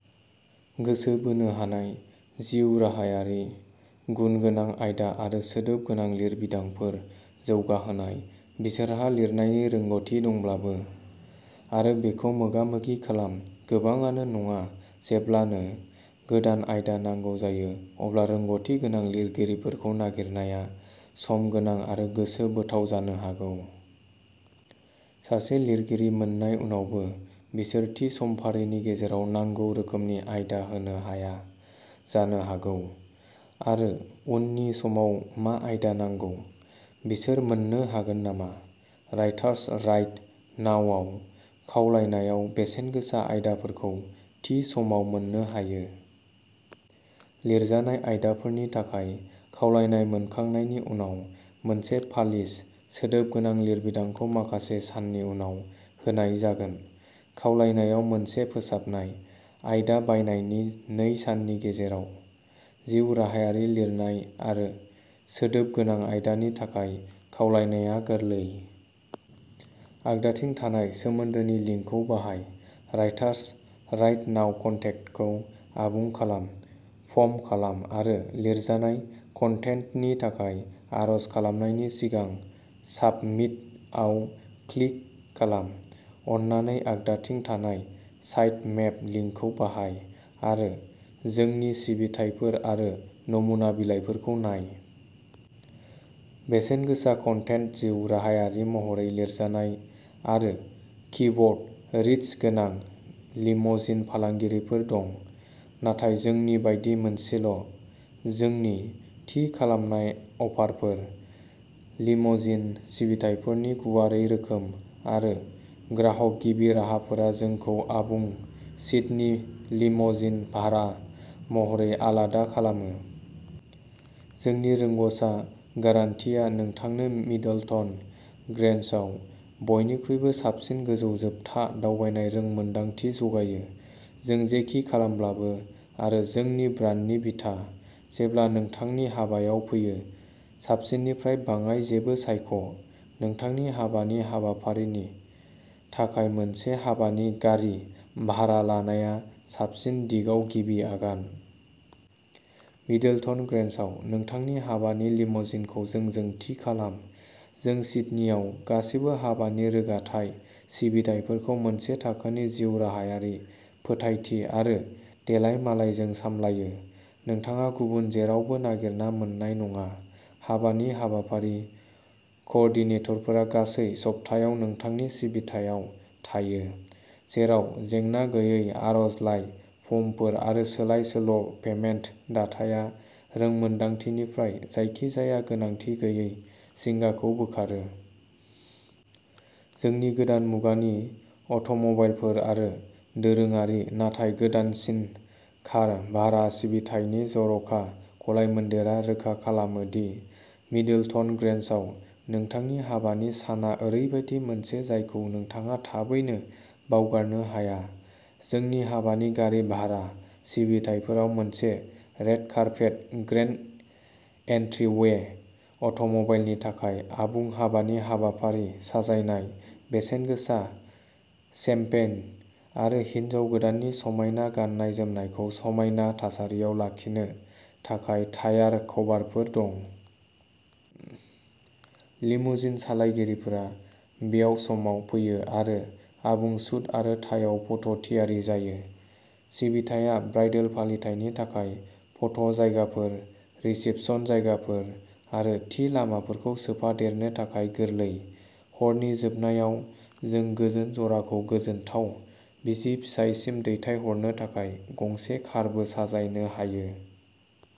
गोसो बोनो हानाय, जिउराहायारि गुन गोनां आयदा आरो सोदोब गोनां लिरबिदांफोर जौगाहोनाय, बिसोरहा लिरनायनि रोंग'थि दंब्लाबो। आरो बेखौ मोगामोगि खालाम, गोबांआनो नङा। जेब्लानो गोदान आयदा नांगौ जायो, अब्ला रोंग'थि गोनां लिरगिरिफोरखौ नागिरनाया सम गोनां आरो गोसो बोथाव जानो हागौ। सासे लिरगिरि मोन्नाय उनावबो, बिसोर थि समफारिनि गेजेराव नांगौ रोखोमनि आयदा होनो हाया जानो हागौ। आरो उननि समाव मा आयदा नांगौ? बिसोर मोन्नो हागोन नामा? राइटार्स राइट नाउआव, खावलायनायाव बेसेनगोसा आयदाफोरखौ थि समाव मोननो हायो। लिरजानाय आयदाफोरनि थाखाय खावलायनाय मोनखांनायनि उनाव, मोनसे पालिश, सोदोब गोनां लिरबिदांखौ माखासे साननि उनाव होनाय जागोन। खावलायनायाव मोनसे फोसाबनाय, आयदा बायनायनि नै साननि गेजेराव। जिउ राहायारि लिरनाय आरो सोदोब गोनां आयदानि थाखाय खावलायनाया गोरलै। आगदाथिं थानाय सोमोन्दोनि लिंकखौ बाहाय राइटार्स राइट नाउ कन्टेक्टखौ आबुं खालाम। फर्म खालाम, आरो लिरजानाय कन्टेन्टनि थाखाय आर'ज खालामनायनि सिगां साबमिट आव क्लिक खालाम, अन्नानै आगदाथिं थानाय साइट मेप लिंकखौ बाहाय, आरो जोंनि सिबिथाइफोर आरो नमुना बिलाइफोरखौ नाय। बेसेनगोसा कन्टेन्ट जिउ राहायारि महरै लिरजानाय, आरो किवर्ड रिच गोबां लिम'जिन फालांगिफोर दं, नाथाय जोंनि बायदि मोनसेल'। जोंनि थि खालामनाय अफारफोर, लिम'जिन सिबिथाइफोरनि गुवारै रोखोम, आरो ग्राहक गिबि राहाफोरा जोंखौ आबुं सिडनी लिम'जिन भारा महरै आलादा खालामो। जोंनि रोंग'सा गारान्टिआ नोंथांनो मिडलटन ग्रेन्जआव बयनिख्रुइबो साबसिन गोजौ-जोबथा दावबायनाय रों मोनदांथि जगायो, जों जेखि खालामब्लाबो आरो जोंनि ब्रान्डनि बिथा। जेब्ला नोंथांनि हाबायाव फैयो, साबसिननिफ्राय बाङाइ जेबो सायख'। नोंथांनि हाबानि हाबाफारिनि थाखाय मोनसे हाबानि गारि भारा लानाया साबसिन दिगाव गिबि आगान। मिडलटन ग्रेन्जआव नोंथांनि हाबानि लिम'जिनखौ जोंजों थि खालाम। जों सिडनीआव गासिबो हाबानि रोगाथाइ सिबिथाइफोरखौ मोनसे थाखोनि जिउ राहायारि, फोथायथि, आरो देलायमालायजों सामलायो। नोंथाङा गुबुन जेरावबो नागिरना मोन्नाय नङा। हाबानि हाबाफारि क'ओर्डिनेटरफोरा गासै सप्तायाव नोंथांनि सिबिथायाव थायो, जेराव जेंना-गैयै आर'जलाइ फर्मफोर आरो सोलाय-सोल' पेमेन्ट दाथाया रोंमोन्दांथिनिफ्राय जायखिजाया गोनांथि गैयै जिंगाखौ बोखारो। जोंनि गोदान मुगानि अट'म'बाइलफोर आरो दोरोङारि, नाथाय गोदानसिन कार भारा सिबिथायनि जर'खा गलायमोन्देरआ रोखा खालामो दि मिडलटन ग्रेन्ज आव नोंथांनि हाबानि साना ओरैबायदि मोनसे जायखौ नोंथाङा थाबैनो बावगारनो हाया। जोंनि हाबानि गारि भारा सिबिथाइफोराव मोनसे रेड कार्पेट ग्रेन्ड एन्ट्रिवे, अट'मबाइलनि थाखाय आबुं हाबानि हाबाफारि साजायनाय, बेसेनगोसा शैम्पेन, आरो हिन्जाव गोदाननि समायना गाननाय-जोमनायखौ समायना थासारियाव लाखिनो थाखाय टायार कभारफोर दं। लिमुजिन सालायगिरिफोरा बेयाव समाव फैयो आरो आबुं सुट आरो टाइआव फट' थियारि जायो। सिबिथाया ब्राइडल फालिथायनि थाखाय फट' जायगाफोर, रिसेपसन जायगाफोर, आरो थि लामाफोरखौ सोफादेरनो थाखाय गोरलै। हरनि जोबनायाव, जों गोजोन जराखौ गोजोनथाव बिसि-फिसायसिम दैथायहरनो थाखाय गंसे कारबो साजायनो हायो।